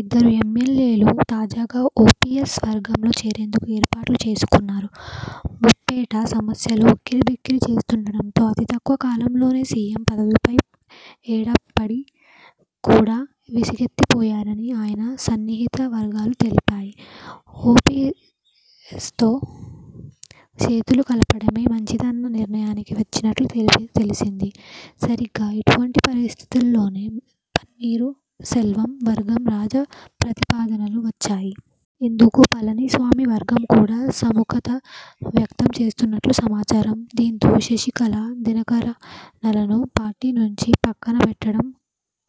ఇద్దరు ఎమ్మెల్యేలు తాజాగా ఓపీఎస్ వర్గంలో చేరేందుకు ఏర్పాట్లు చేసుకున్నారు. ముప్పేట సమస్యలు ఉక్కిరిబిక్కిరి చేస్తుండడంతో అతి తక్కువ కాలంలోనే సీఎం పదవిపై ఎడప్పాడి కూడా విసుగెత్తిపోయారని ఆయన సన్నిహిత వర్గాలు తెలిపాయి. ఓపీఎ్సతో చేతులు కలపడమే మంచిదన్న నిర్ణయానికి వచ్చినట్లు తెలిసింది. సరిగ్గా, ఇటువంటి పరిస్థితుల్లోనే పన్నీరు సెల్వం వర్గం రాజీ ప్రతిపాదనలు వచ్చాయి. ఇందుకు పళని స్వామి వర్గం కూడా సుముఖత వ్యక్తం చేసినట్లు సమాచారం. దీంతో, శశికళ, దినకరనలను పార్టీ నుంచి పక్కనబెట్టడం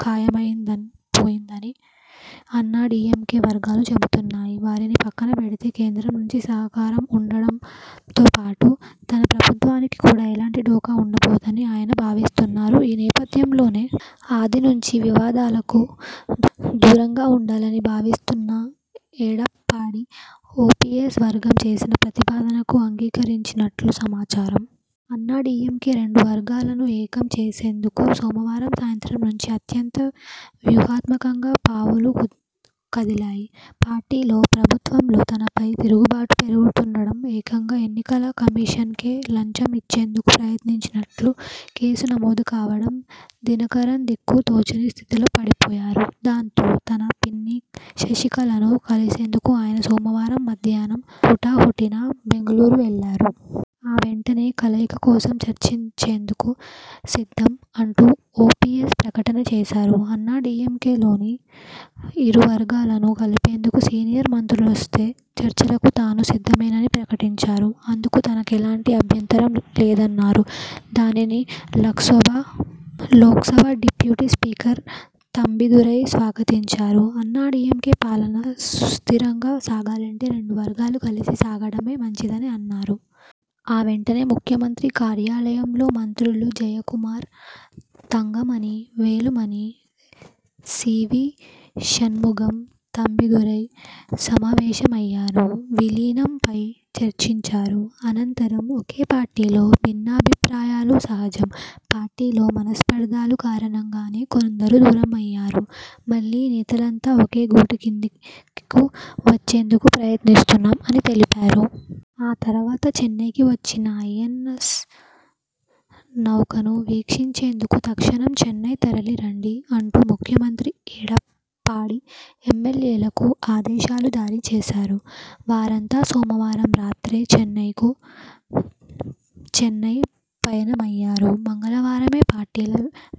ఖాయమైపోయిందని అన్నాడీఎంకే వర్గాలు చెబుతున్నాయి. వారిని పక్కనబెడితే కేంద్రం నుంచి సహకారం ఉండడంతోపాటు తన ప్రభుత్వానికి కూడా ఎలాంటి ఢోకా ఉండబోదని ఆయన భావిస్తున్నారు ఈ నేపథ్యంలోనే, ఆది నుంచీ వివాదాలకు దూరంగా ఉండాలని భావిస్తున్న ఎడప్పాడి ఓపీఎస్ వర్గం చేసిన ప్రతిపాదనకు అంగీకరించినట్లు సమాచారం. అన్నాడీఎంకే రెండు వర్గాలనూ ఏకం చేసేందుకు సోమవారం సాయంత్రం నుంచి అత్యంత వ్యూహాత్మకంగా పావులు కదిలాయి. పార్టీలో, ప్రభుత్వంలో తనపై తిరుగుబాటు పెరుగుతుండడం, ఏకంగా ఎన్నికల కమిషన్కే లంచం ఇచ్చేందుకు ప్రయత్నించినట్లు కేసు నమోదు కావడంతో దినకరన్ దిక్కు తోచని స్థితిలో పడిపోయారు. దాంతో, తన పిన్ని శశికళను కలిసేందుకు ఆయన సోమవారం మధ్యాహ్నం హుటాహుటిన బెంగళూరు వెళ్లారు. ఆ వెంటనే, 'కలయిక కోసం చర్చించేందుకు సిద్ధం' అంటూ ఓపీఎస్ ప్రకటన చేశారు. అన్నాడీఎంకేలోని ఇరు వర్గాలను కలిపేందుకు సీనియర్ మంత్రులొస్తే చర్చలకు తాను సిద్ధమేనని ప్రకటించారు. అందుకు తనకెలాంటి అభ్యంతరం లేదన్నారు. దానిని, లోక్సభ డిప్యూటీ స్పీకర్ తంబిదురై స్వాగతించారు. అన్నాడీఎంకే పాలన సుస్థిరంగా సాగాలంటే రెండు వర్గాలు కలిసి సాగడమే మంచిదని అన్నారు. ఆ వెంటనే, ముఖ్యమంత్రి కార్యాలయంలో మంత్రులు జయకుమార్, తంగమణి, వేలుమణి, సీవీ షణ్ముగం, తంబిదురై సమావేశమయ్యారు. విలీనంపై చర్చించారు. అనంతరం ''ఒకే పార్టీలో భిన్నాభిప్రాయాలు సహజం. పార్టీలో మనస్పర్ధల కారణంగానే కొందరు దూరమయ్యారు. మళ్లీ నేతలంతా ఒకే గూటి కిందకు వచ్చేందుకు ప్రయత్నిస్తున్నాం'' అని తెలిపారు. ఆ తర్వాత 'చెన్నైకి వచ్చిన ఐఎనఎ్స నౌకను వీక్షించేందుకు తక్షణం చెన్నై తరలి రండి' అంటూ ముఖ్యమంత్రి ఎడప్పాడి ఎమ్మెల్యేలకు ఆదేశాలు జారీ చేశారు. వారంతా సోమవారం రాత్రే చెన్నై పయనమయ్యారు. మంగళవారమే పార్టీల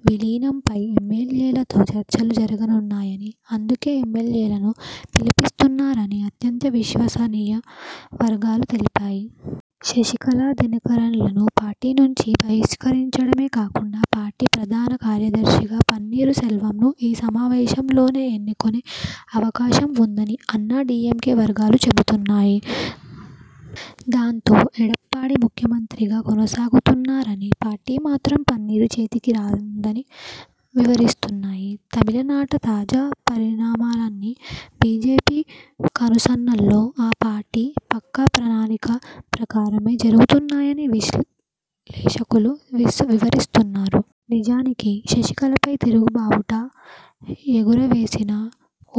'విలీనం'పై ఎమ్మెల్యేలతో చర్చలు జరగనున్నాయని, అందుకే ఎమ్మెల్యేలను పిలిపిస్తున్నారని అత్యంత విశ్వసనీయ వర్గాలు తెలిపాయి. శశికళ, దినకరన్లను పార్టీ నుంచి బహిష్కరించడమే కాకుండా పార్టీ ప్రధాన కార్యదర్శిగా పన్నీరు సెల్వంను ఈ సమావేశంలోనే ఎన్నుకొనే అవకాశం ఉందని అన్నాడీఎంకే వర్గాలు చెబుతున్నాయి. దాంతో, ఎడప్పాడి ముఖ్యమంత్రిగా కొనసాగుతున్నారని, పార్టీ మాత్రం పన్నీరు చేతికి రానుందని వివరిస్తున్నాయి. తమిళనాట తాజా పరిణామాలన్నీ బీజేపీ కనుసన్నల్లో, ఆ పార్టీ పక్కా ప్రణాళిక ప్రకారమే జరుగుతున్నాయని విశ్లేషకులు వివరిస్తున్నారు. నిజానికి, శశికళపై తిరుగు బావుటా ఎగుర వేసిన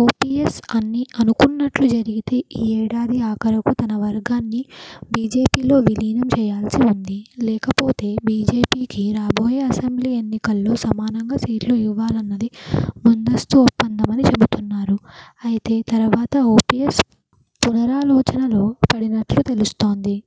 ఓపీఎస్ అన్నీ అనుకున్నట్లు జరిగితే ఈ ఏడాది ఆఖరుకు తన వర్గాన్ని బీజేపీలో విలీనం చేయాల్సి ఉంది. లేకపోతే బీజేపీకి రాబోయే అసెంబ్లీ ఎన్నికల్లో సమానంగా సీట్లు ఇవ్వాలన్నది ముందస్తు ఒప్పందమని చెబుతున్నారు. అయితే తర్వాత ఓపీఎస్ పునరాలోచనలో పడినట్లు తెలుస్తోంది.